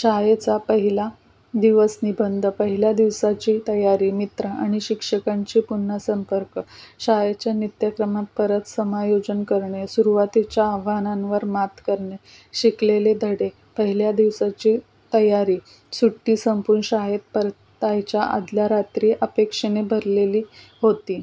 शाळेचा पहिला दिवस निबंध, पहिल्या दिवसाची तयारी, मित्र आणि शिक्षकांशी पुन्हा संपर्क, शाळेच्या नित्यक्रमात परत समायोजन करणे, सुरुवातीच्या आव्हानांवर मात करणे, शिकलेले धडे. पहिल्या दिवसाची तयारी. सुट्टी संपवून शाळेत परतायच्या आदल्या रात्री अपेक्षेने भरलेली होती.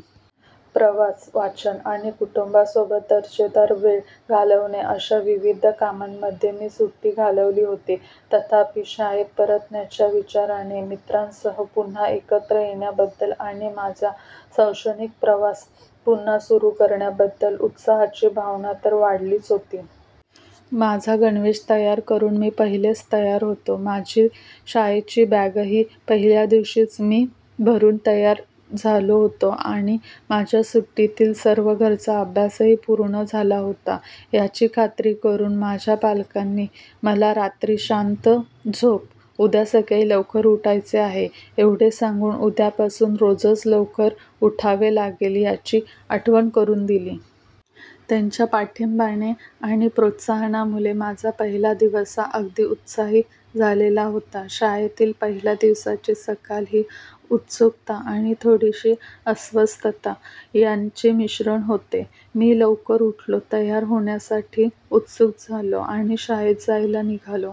प्रवास, वाचन आणि कुटुंबासोबत दर्जेदार वेळ घालवणे अशा विविध कामांमध्ये मी सुट्टी घालवली होती. तथापि, शाळेत परतण्याच्या विचाराने मित्रांसह पुन्हा एकत्र येण्याबद्दल आणि माझा शैक्षणिक प्रवास पुन्हा सुरू करण्याबद्दल उत्साहाची भावना तर वाढलीच होती. माझा गणवेश तयार करून मी पहिलेच तयार होतो, माझी शाळेची बॅगही पहिल्या दिवशीच मी भरून तयार झालेलो होतो आणि माझ्या सुट्टीतील सर्व घरचा अभ्यासही पूर्ण झाला आहे याची खात्री करून माझ्या पालकांनी मला रात्री, शांत झोप, उद्या सकाळी लवकर उठायचे आहे, एवढे सांगून उद्यापासून रोजच लवकर उठावे लागेल याची आठवण करून दिली. त्यांच्या पाठिंब्याने आणि प्रोत्साहनामुळे माझा पहिला दिवस हा अगदी उत्साही झालेला होता. शाळेतील पहिल्या दिवसाची सकाळ ही उत्सुकता आणि थोडीशी अस्वस्थता यांचे मिश्रण होते. मी लवकर उठलो, तयार होण्यासाठी उत्सुक झालो आणि शाळेत जायला निघालो.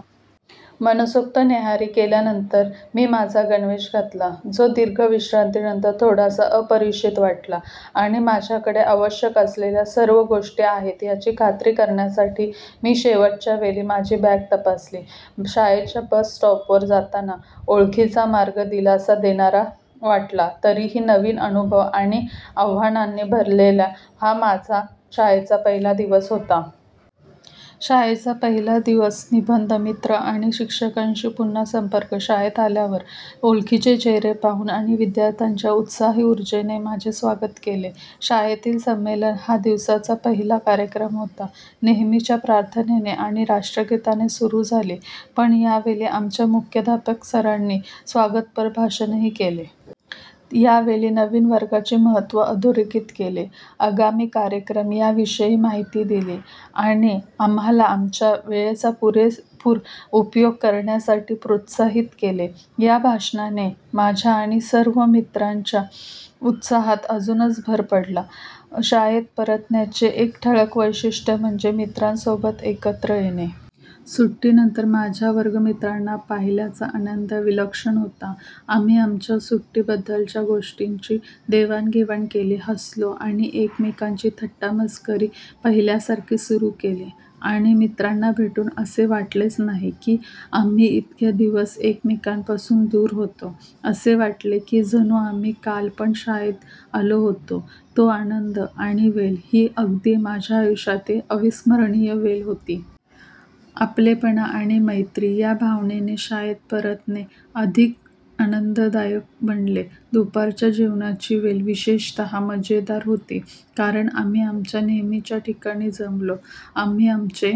मनसोक्त न्याहारी केल्यानंतर, मी माझा गणवेश घातला, जो दीर्घ विश्रांतीनंतर थोडासा अपरिचित वाटला आणि माझ्याकडे आवश्यक असलेल्या सर्व गोष्टी आहेत याची खात्री करण्यासाठी मी शेवटच्या वेळी माझी बॅग तपासली. शाळेच्या बस स्टॉपवर जाताना, ओळखीचा मार्ग दिलासा देणारा वाटला, तरीही नवीन अनुभव आणि आव्हानांनी भरलेला हा माझा शाळेचा पहिला दिवस होता. शाळेचा पहिला दिवस निबंध, मित्र आणि शिक्षकांशी पुन्हा संपर्क. शाळेत आल्यावर, ओळखीचे चेहरे पाहून आणि विद्यार्थ्यांच्या उत्साही उर्जेने माझे स्वागत केले. शाळेतील संमेलन हा दिवसाचा पहिला कार्यक्रम होता. नेहमीच्या प्रार्थनेने आणि राष्ट्रगीताने सुरुवात झाली, पण यावेळी आमच्या मुख्याध्यापक सरांनी स्वागतपर भाषणही केले. त्यांनी नवीन वर्गाचे महत्त्व अधोरेखित केले, आगामी कार्यक्रम यांविषयी माहिती दिली आणि आम्हाला आमच्या वेळेचा पुरेपूर उपयोग करण्यासाठी प्रोत्साहित केले. या भाषणाने, माझ्या आणि सर्व मित्रांच्या उत्साहात अजूनच भर पडला. शाळेत परतण्याचे एक ठळक वैशिष्ट्य म्हणजे मित्रांसोबत एकत्र येणे. सुट्टीनंतर माझ्या वर्गमित्रांना पाहिल्याचा आनंद विलक्षण होता. आम्ही आमच्या सुट्ट्यांबद्दलच्या गोष्टींची देवाणघेवाण केली, हसलो आणि एकमेकांची थट्टा मस्करी पहिल्यासारखी सुरू केली आणि मित्रांना भेटून असे वाटलेच नाही की आम्ही इतक्या दिवस एकमेकांपासून दूर होतो, असे वाटले की जणू आम्ही काल पण शाळेत आलो होतो, तो आनंद आणि वेळ ही अगदी माझ्या आयुष्यातील अविस्मरणीय वेळ होती. आपलेपणा आणि मैत्री या भावनेने शाळेत परतणे अधिक आनंददायक बनले. दुपारच्या जेवणाची वेळ विशेषतः मजेदार होती, कारण आम्ही आमच्या नेहमीच्या ठिकाणी जमलो, आम्ही आमचे